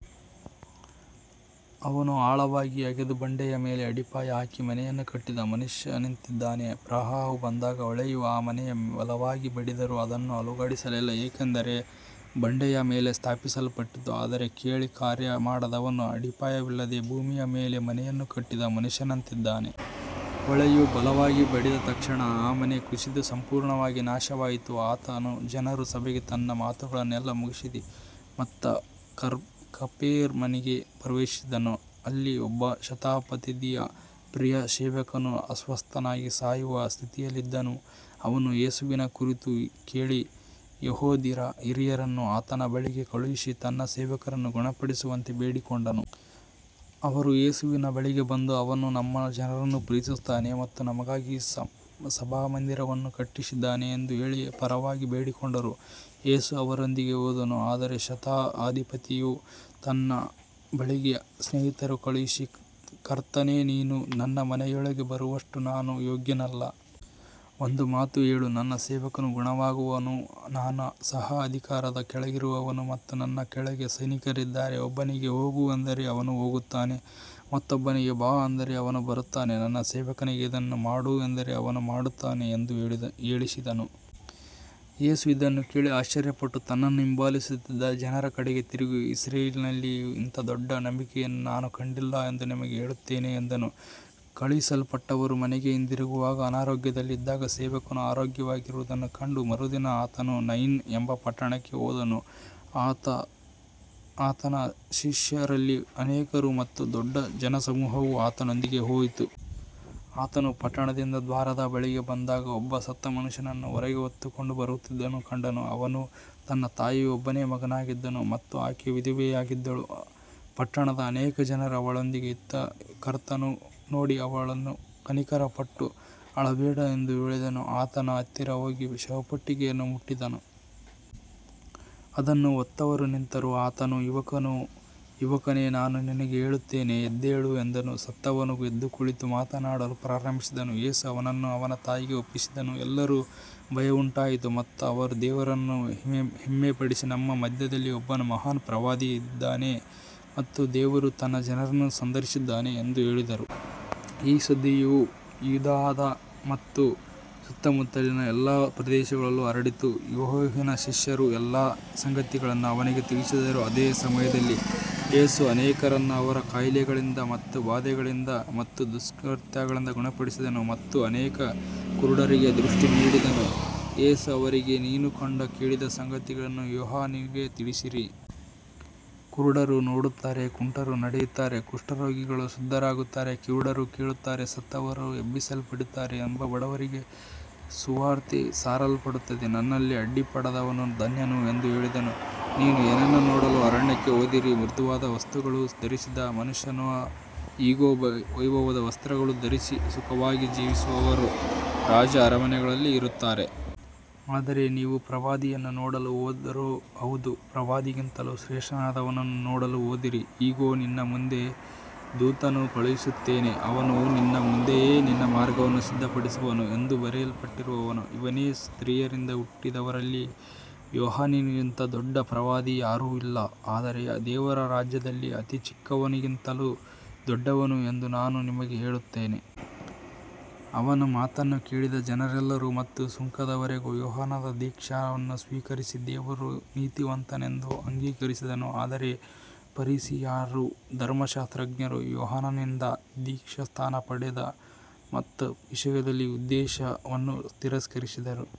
ಅವನು ಆಳವಾಗಿ ಅಗೆದು ಬಂಡೆಯ ಮೇಲೆ ಅಡಿಪಾಯ ಹಾಕಿ ಮನೆಯನ್ನು ಕಟ್ಟಿದ ಮನುಷ್ಯನಂತಿದ್ದಾನೆ. ಪ್ರವಾಹವು ಬಂದಾಗ ಹೊಳೆಯು ಆ ಮನೆಯ ಮೇಲೆ ಬಲವಾಗಿ ಬಡಿದರೂ ಅದನ್ನು ಅಲುಗಾಡಿಸಲಾಗಲಿಲ್ಲ, ಏಕೆಂದರೆ ಅದು ಬಂಡೆಯ ಮೇಲೆ ಸ್ಥಾಪಿಸಲ್ಪಟ್ಟಿತ್ತು. ಆದರೆ ಕೇಳಿ ಕಾರ್ಯಮಾಡದವನು ಅಡಿಪಾಯವಿಲ್ಲದೆ ಭೂಮಿಯ ಮೇಲೆ ಮನೆಯನ್ನು ಕಟ್ಟಿದ ಮನುಷ್ಯನಂತಿದ್ದಾನೆ. ಹೊಳೆಯು ಬಲವಾಗಿ ಬಡಿದ ತಕ್ಷಣ ಆ ಮನೆ ಕುಸಿದು ಸಂಪೂರ್ಣವಾಗಿ ನಾಶವಾಯಿತು. ಆತನು ಜನರ ಸಭೆಗೆ ತನ್ನ ಮಾತುಗಳನ್ನೆಲ್ಲ ಮುಗಿಸಿದ ನಂತರ ಕಪೆರ್ನೌಮಿಗೆ ಪ್ರವೇಶಿಸಿದನು. ಅಲ್ಲಿ ಒಬ್ಬ ಶತಾಧಿಪತಿಯ ಪ್ರಿಯ ಸೇವಕನು ಅಸ್ವಸ್ಥನಾಗಿ ಸಾಯುವ ಸ್ಥಿತಿಯಲ್ಲಿದ್ದನು. ಅವನು ಯೇಸುವಿನ ಕುರಿತು ಕೇಳಿ, ಯೆಹೂದ್ಯರ ಹಿರಿಯರನ್ನು ಆತನ ಬಳಿಗೆ ಕಳುಹಿಸಿ ತನ್ನ ಸೇವಕನನ್ನು ಗುಣಪಡಿಸುವಂತೆ ಬೇಡಿಕೊಂಡನು. ಅವರು ಯೇಸುವಿನ ಬಳಿಗೆ ಬಂದು, ಅವನು ನಮ್ಮ ಜನರನ್ನು ಪ್ರೀತಿಸುತ್ತಾನೆ ಮತ್ತು ನಮಗಾಗಿ ಸಭಾಮಂದಿರವನ್ನು ಕಟ್ಟಿಸಿದ್ದಾನೆ ಎಂದು ಹೇಳಿ ಅವನ ಪರವಾಗಿ ಬೇಡಿಕೊಂಡರು. ಯೇಸು ಅವರೊಂದಿಗೆ ಹೋದನು. ಆದರೆ ಶತಾಧಿಪತಿಯು ಆತನ ಬಳಿಗೆ ಸ್ನೇಹಿತರನ್ನು ಕಳುಹಿಸಿ, ಕರ್ತನೇ, ನೀನು ನನ್ನ ಮನೆಯೊಳಗೆ ಬರುವಷ್ಟು ನಾನು ಯೋಗ್ಯನಲ್ಲ. ಒಂದು ಮಾತು ಹೇಳು, ನನ್ನ ಸೇವಕನು ಗುಣವಾಗುವನು. ನಾನು ಸಹ ಅಧಿಕಾರದ ಕೆಳಗಿರುವವನು ಮತ್ತು ನನ್ನ ಕೆಳಗೆ ಸೈನಿಕರಿದ್ದಾರೆ. ಒಬ್ಬನಿಗೆ ಹೋಗು ಎಂದರೆ ಅವನು ಹೋಗುತ್ತಾನೆ, ಮತ್ತೊಬ್ಬನಿಗೆ ಬಾ ಎಂದರೆ ಅವನು ಬರುತ್ತಾನೆ, ನನ್ನ ಸೇವಕನಿಗೆ ಇದನ್ನು ಮಾಡು ಎಂದರೆ ಅವನು ಮಾಡುತ್ತಾನೆ ಎಂದು ಹೇಳಿಸಿದನು. ಯೇಸು ಇದನ್ನು ಕೇಳಿ ಆಶ್ಚರ್ಯಪಟ್ಟು ತನ್ನನ್ನು ಹಿಂಬಾಲಿಸುತ್ತಿದ್ದ ಜನರ ಕಡೆಗೆ ತಿರುಗಿ, ಇಸ್ರಾಯೇಲಿನಲ್ಲಿಯೂ ಇಂಥ ದೊಡ್ಡ ನಂಬಿಕೆಯನ್ನು ನಾನು ಕಂಡಿಲ್ಲ ಎಂದು ನಿಮಗೆ ಹೇಳುತ್ತೇನೆ ಎಂದನು. ಕಳುಹಿಸಲ್ಪಟ್ಟವರು ಮನೆಗೆ ಹಿಂದಿರುಗಿದಾಗ ಅನಾರೋಗ್ಯದಲ್ಲಿದ್ದ ಸೇವಕನು ಆರೋಗ್ಯವಾಗಿರುವುದನ್ನು ಕಂಡರು. ಮರುದಿನ ಆತನು ನೈನ್ ಎಂಬ ಪಟ್ಟಣಕ್ಕೆ ಹೋದನು. ಆತನ ಶಿಷ್ಯರಲ್ಲಿ ಅನೇಕರು ಮತ್ತು ದೊಡ್ಡ ಜನಸಮೂಹವು ಆತನೊಂದಿಗೆ ಹೋಯಿತು. ಆತನು ಪಟ್ಟಣದ ದ್ವಾರದ ಬಳಿಗೆ ಬಂದಾಗ, ಒಬ್ಬ ಸತ್ತ ಮನುಷ್ಯನನ್ನು ಹೊರಗೆ ಹೊತ್ತುಕೊಂಡು ಬರುತ್ತಿರುವುದನ್ನು ಕಂಡನು. ಅವನು ತನ್ನ ತಾಯಿಯ ಒಬ್ಬನೇ ಮಗನಾಗಿದ್ದನು ಮತ್ತು ಆಕೆ ವಿಧವೆಯಾಗಿದ್ದಳು. ಪಟ್ಟಣದ ಅನೇಕ ಜನರು ಅವಳೊಂದಿಗೆ ಇದ್ದರು. ಕರ್ತನು ಅವಳನ್ನು ನೋಡಿ ಕನಿಕರಪಟ್ಟು, ಅಳಬೇಡ ಎಂದು ಹೇಳಿದನು. ಆತನು ಹತ್ತಿರ ಹೋಗಿ ಶವಪೆಟ್ಟಿಗೆಯನ್ನು ಮುಟ್ಟಿದನು. ಅದನ್ನು ಹೊತ್ತವರು ನಿಂತರು. ಆತನು, ಯುವಕನೇ, ನಾನು ನಿನಗೆ ಹೇಳುತ್ತೇನೆ, ಎದ್ದೇಳು ಎಂದನು. ಸತ್ತವನು ಎದ್ದು ಕುಳಿತು ಮಾತನಾಡಲು ಪ್ರಾರಂಭಿಸಿದನು. ಯೇಸು ಅವನನ್ನು ಅವನ ತಾಯಿಗೆ ಒಪ್ಪಿಸಿದನು. ಎಲ್ಲರಿಗೂ ಭಯವುಂಟಾಯಿತು ಮತ್ತು ಅವರು ದೇವರನ್ನು ಮಹಿಮೆಪಡಿಸಿ, ನಮ್ಮ ಮಧ್ಯದಲ್ಲಿ ಒಬ್ಬ ಮಹಾನ್ ಪ್ರವಾದಿ ಎದ್ದಿದ್ದಾನೆ ಮತ್ತು ದೇವರು ತನ್ನ ಜನರನ್ನು ಸಂದರ್ಶಿಸಿದ್ದಾನೆ ಎಂದು ಹೇಳಿದರು. ಈ ಸುದ್ದಿಯು ಯೂದಾಯದಾದ್ಯಂತ ಮತ್ತು ಸುತ್ತಮುತ್ತಲಿನ ಎಲ್ಲಾ ಪ್ರದೇಶಗಳಲ್ಲೂ ಹರಡಿತು. ಯೋಹಾನನ ಶಿಷ್ಯರು ಈ ಎಲ್ಲ ಸಂಗತಿಗಳನ್ನು ಅವನಿಗೆ ತಿಳಿಸಿದರು. ಅದೇ ಸಮಯದಲ್ಲಿ ಯೇಸು ಅನೇಕರನ್ನು ಅವರ ಕಾಯಿಲೆಗಳಿಂದ, ಬಾಧೆಗಳಿಂದ ಮತ್ತು ದುಷ್ಟಾತ್ಮಗಳಿಂದ ಗುಣಪಡಿಸಿದನು ಮತ್ತು ಅನೇಕ ಕುರುಡರಿಗೆ ದೃಷ್ಟಿ ನೀಡಿದನು. ಯೇಸು ಅವರಿಗೆ, ನೀವು ಕಂಡು ಕೇಳಿದ ಸಂಗತಿಗಳನ್ನು ಯೋಹಾನನಿಗೆ ತಿಳಿಸಿರಿ. ಕುರುಡರು ನೋಡುತ್ತಾರೆ, ಕುಂಟರು ನಡೆಯುತ್ತಾರೆ, ಕುಷ್ಠರೋಗಿಗಳು ಶುದ್ಧರಾಗುತ್ತಾರೆ, ಕಿವುಡರು ಕೇಳುತ್ತಾರೆ, ಸತ್ತವರು ಎಬ್ಬಿಸಲ್ಪಡುತ್ತಾರೆ ಮತ್ತು ಬಡವರಿಗೆ ಸುವಾರ್ತೆ ಸಾರಲ್ಪಡುತ್ತದೆ. ನನ್ನಲ್ಲಿ ಅಡ್ಡಿಪಡದವನು ಧನ್ಯನು ಎಂದು ಹೇಳಿದನು. ನೀವು ಏನನ್ನು ನೋಡಲು ಅರಣ್ಯಕ್ಕೆ ಹೋದಿರಿ. ಮೃದುವಾದ ವಸ್ತ್ರಗಳನ್ನು ಧರಿಸಿದ ಮನುಷ್ಯನನ್ನೋ. ಇಗೋ, ವೈಭವದ ವಸ್ತ್ರಗಳನ್ನು ಧರಿಸಿ ಸುಖವಾಗಿ ಜೀವಿಸುವವರು ರಾಜರ ಅರಮನೆಗಳಲ್ಲಿ ಇರುತ್ತಾರೆ. ಆದರೆ ನೀವು ಪ್ರವಾದಿಯನ್ನು ನೋಡಲು ಹೋದಿರೋ. ಹೌದು, ಪ್ರವಾದಿಗಿಂತಲೂ ಶ್ರೇಷ್ಠನಾದವನನ್ನು ನೋಡಲು ಹೋದಿರಿ. ಇಗೋ, ನಿನ್ನ ಮುಂದೆ ನನ್ನ ದೂತನನ್ನು ಕಳುಹಿಸುತ್ತೇನೆ, ಅವನು ನಿನ್ನ ಮುಂದೆಯೇ ನಿನ್ನ ಮಾರ್ಗವನ್ನು ಸಿದ್ಧಪಡಿಸುವನು ಎಂದು ಬರೆಯಲ್ಪಟ್ಟಿರುವವನು ಇವನೇ. ಸ್ತ್ರೀಯರಿಂದ ಹುಟ್ಟಿದವರಲ್ಲಿ ಯೋಹಾನನಿಗಿಂತ ದೊಡ್ಡ ಪ್ರವಾದಿ ಯಾರೂ ಇಲ್ಲ. ಆದರೆ ದೇವರ ರಾಜ್ಯದಲ್ಲಿ ಅತಿ ಚಿಕ್ಕವನೂ ಅವನಿಗಿಂತ ದೊಡ್ಡವನು ಎಂದು ನಾನು ನಿಮಗೆ ಹೇಳುತ್ತೇನೆ. ಅವನ ಮಾತನ್ನು ಕೇಳಿದ ಜನರೆಲ್ಲರೂ ಮತ್ತು ಸುಂಕದವರೂ ಯೋಹಾನನ ದೀಕ್ಷಾಸ್ನಾನವನ್ನು ಸ್ವೀಕರಿಸಿ ದೇವರು ನೀತಿವಂತನೆಂದು ಅಂಗೀಕರಿಸಿದರು. ಆದರೆ ಫರಿಸಾಯರೂ ಧರ್ಮಶಾಸ್ತ್ರಜ್ಞರೂ ಯೋಹಾನನಿಂದ ದೀಕ್ಷಾಸ್ನಾನ ಪಡೆಯದೆ ತಮ್ಮ ವಿಷಯದಲ್ಲಿ ದೇವರ ಉದ್ದೇಶವನ್ನು ತಿರಸ್ಕರಿಸಿದರು.